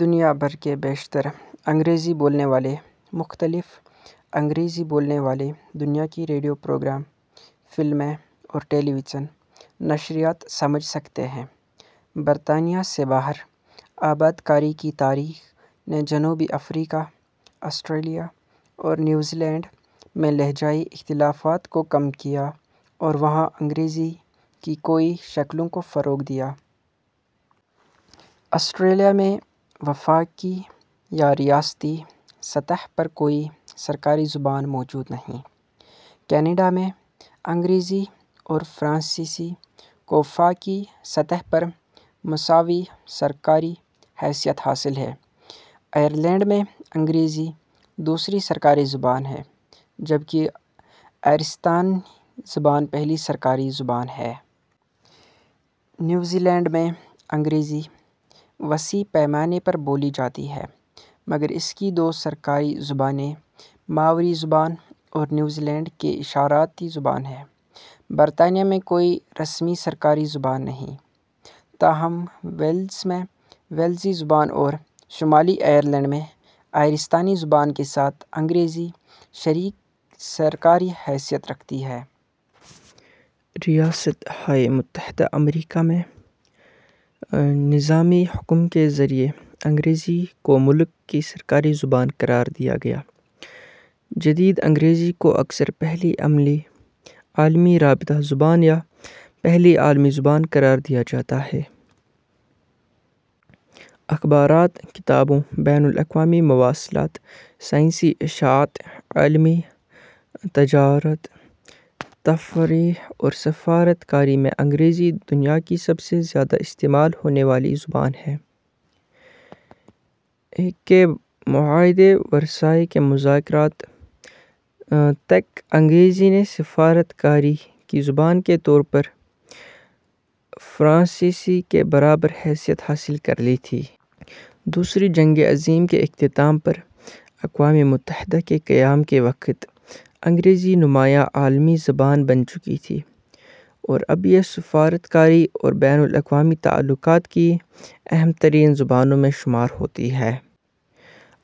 دنیا بھر کے بیشتر انگریزی بولنے والے مختلف انگریزی بولنے والی دنیا کے ریڈیو پروگرام، فلمیں اور ٹیلی وژن نشریات سمجھ سکتے ہیں۔ برطانیہ سے باہر آبادکاری کی تاریخ نے جنوبی افریقا ، آسٹریلیا اور نیوزی لینڈ میں لہجائی اختلافات کو کم کیا اور وہاں انگریزی کی کوئنے شکلوں کو فروغ دیا۔ آسٹریلیا میں وفاقی یا ریاستی سطح پر کوئی سرکاری زبان موجود نہیں۔ کینیڈا میں انگریزی اور فرانسیسی کو وفاقی سطح پر مساوی سرکاری حیثیت حاصل ہے۔ آئرلینڈ میں انگریزی دوسری سرکاری زبان ہے، جبکہ آئیرستانی زبان پہلی سرکاری زبان ہے۔ نیوزی لینڈ میں انگریزی وسیع پیمانے پر بولی جاتی ہے، مگر اس کی دو سرکاری زبانیں ماؤری زبان اور نیوزی لینڈ کی اشارتی زبان ہیں۔ برطانیہ میں کوئی رسمی سرکاری زبان نہیں، تاہم ویلز میں ویلزی زبان اور شمالی آئرلینڈ میں آئیرستانی زبان کے ساتھ انگریزی شریک سرکاری حیثیت رکھتی ہے۔ ریاست ہائے متحدہ امریکہ میں ء میں انتظامی حکم کے ذریعے انگریزی کو ملک کی سرکاری زبان قرار دیا گیا۔ جدید انگریزی کو اکثر پہلی عالمی رابطہ زبان یا پہلی عالمی زبان قرار دیا جاتا ہے۔ اخبارات، کتابوں، بین الاقوامی مواصلات، سائنسی اشاعت، عالمی تجارت، تفریح اور سفارت کاری میں انگریزی دنیا کی سب سے زیادہ استعمال ہونے والی زبان ہے۔ ء کے معاہدۂ ورسائے کے مذاکرات تک انگریزی نے سفارت کاری کی زبان کے طور پر فرانسیسی کے برابر حیثیت حاصل کر لی تھی۔ دوسری جنگ عظیم کے اختتام پر اقوام متحدہ کے قیام کے وقت انگریزی نمایاں عالمی زبان بن چکی تھی اور اب یہ سفارت کاری اور بین الاقوامی تعلقات کی اہم ترین زبانوں میں شمار ہوتی ہے۔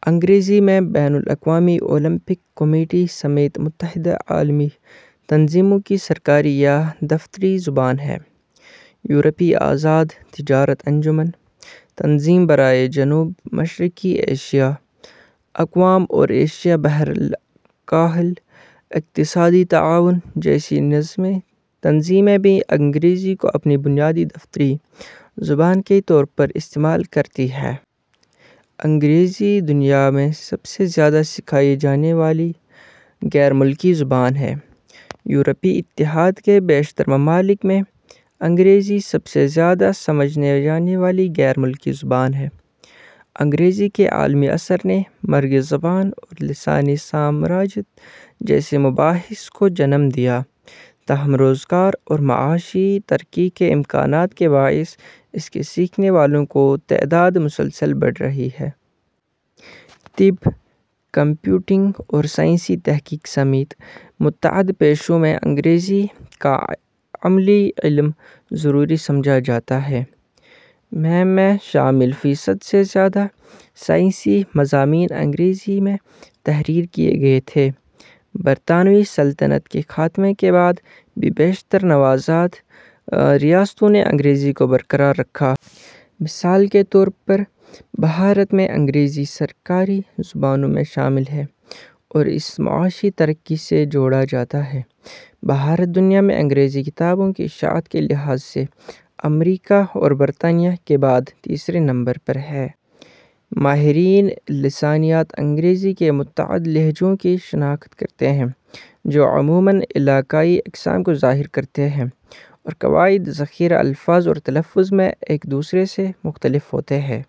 انگریزی بین الاقوامی اولمپک کمیٹی سمیت متعدد عالمی تنظیموں کی سرکاری یا دفتری زبان ہے۔ یورپی آزاد تجارت انجمن ، تنظیم برائے جنوب مشرقی ایشیائی اقوام اور ایشیا بحرالکاہل اقتصادی تعاون جیسی تنظیمیں بھی انگریزی کو اپنی بنیادی دفتری زبان کے طور پر استعمال کرتی ہیں۔ انگریزی دنیا میں سب سے زیادہ سکھائی جانے والی غیر ملکی زبان ہے۔ یورپی اتحاد کے بیشتر ممالک میں انگریزی سب سے زیادہ سمجھی جانے والی غیر ملکی زبان ہے۔ انگریزی کے عالمی اثر نے مرگ زبان اور لسانی سامراجیت جیسے مباحث کو جنم دیا، تاہم روزگار اور معاشی ترقی کے امکانات کے باعث اس کے سیکھنے والوں کی تعداد مسلسل بڑھ رہی ہے۔ طب، کمپیوٹنگ اور سائنسی تحقیق سمیت متعدد پیشوں میں انگریزی کا عملی علم ضروری سمجھا جاتا ہے۔ ء میں میں شامل فیصد سے زیادہ سائنسی مضامین انگریزی میں تحریر کیے گئے تھے۔ برطانوی سلطنت کے خاتمے کے بعد بھی بیشتر نوآزاد ریاستوں نے انگریزی کو برقرار رکھا۔ مثال کے طور پر بھارت میں انگریزی سرکاری زبانوں میں شامل ہے اور اسے معاشی ترقی سے جوڑا جاتا ہے۔ بھارت دنیا میں انگریزی کتابوں کی اشاعت کے لحاظ سے امریکا اور برطانیہ کے بعد تیسرے نمبر پر ہے۔ ۔ ماہرینِ لسانیات انگریزی کے متعدد لہجوں کی شناخت کرتے ہیں، جو عموماً علاقائی اقسام کو ظاہر کرتے ہیں اور قواعد، ذخیرہ الفاظ اور تلفظ میں ایک دوسرے سے مختلف ہوتے ہیں۔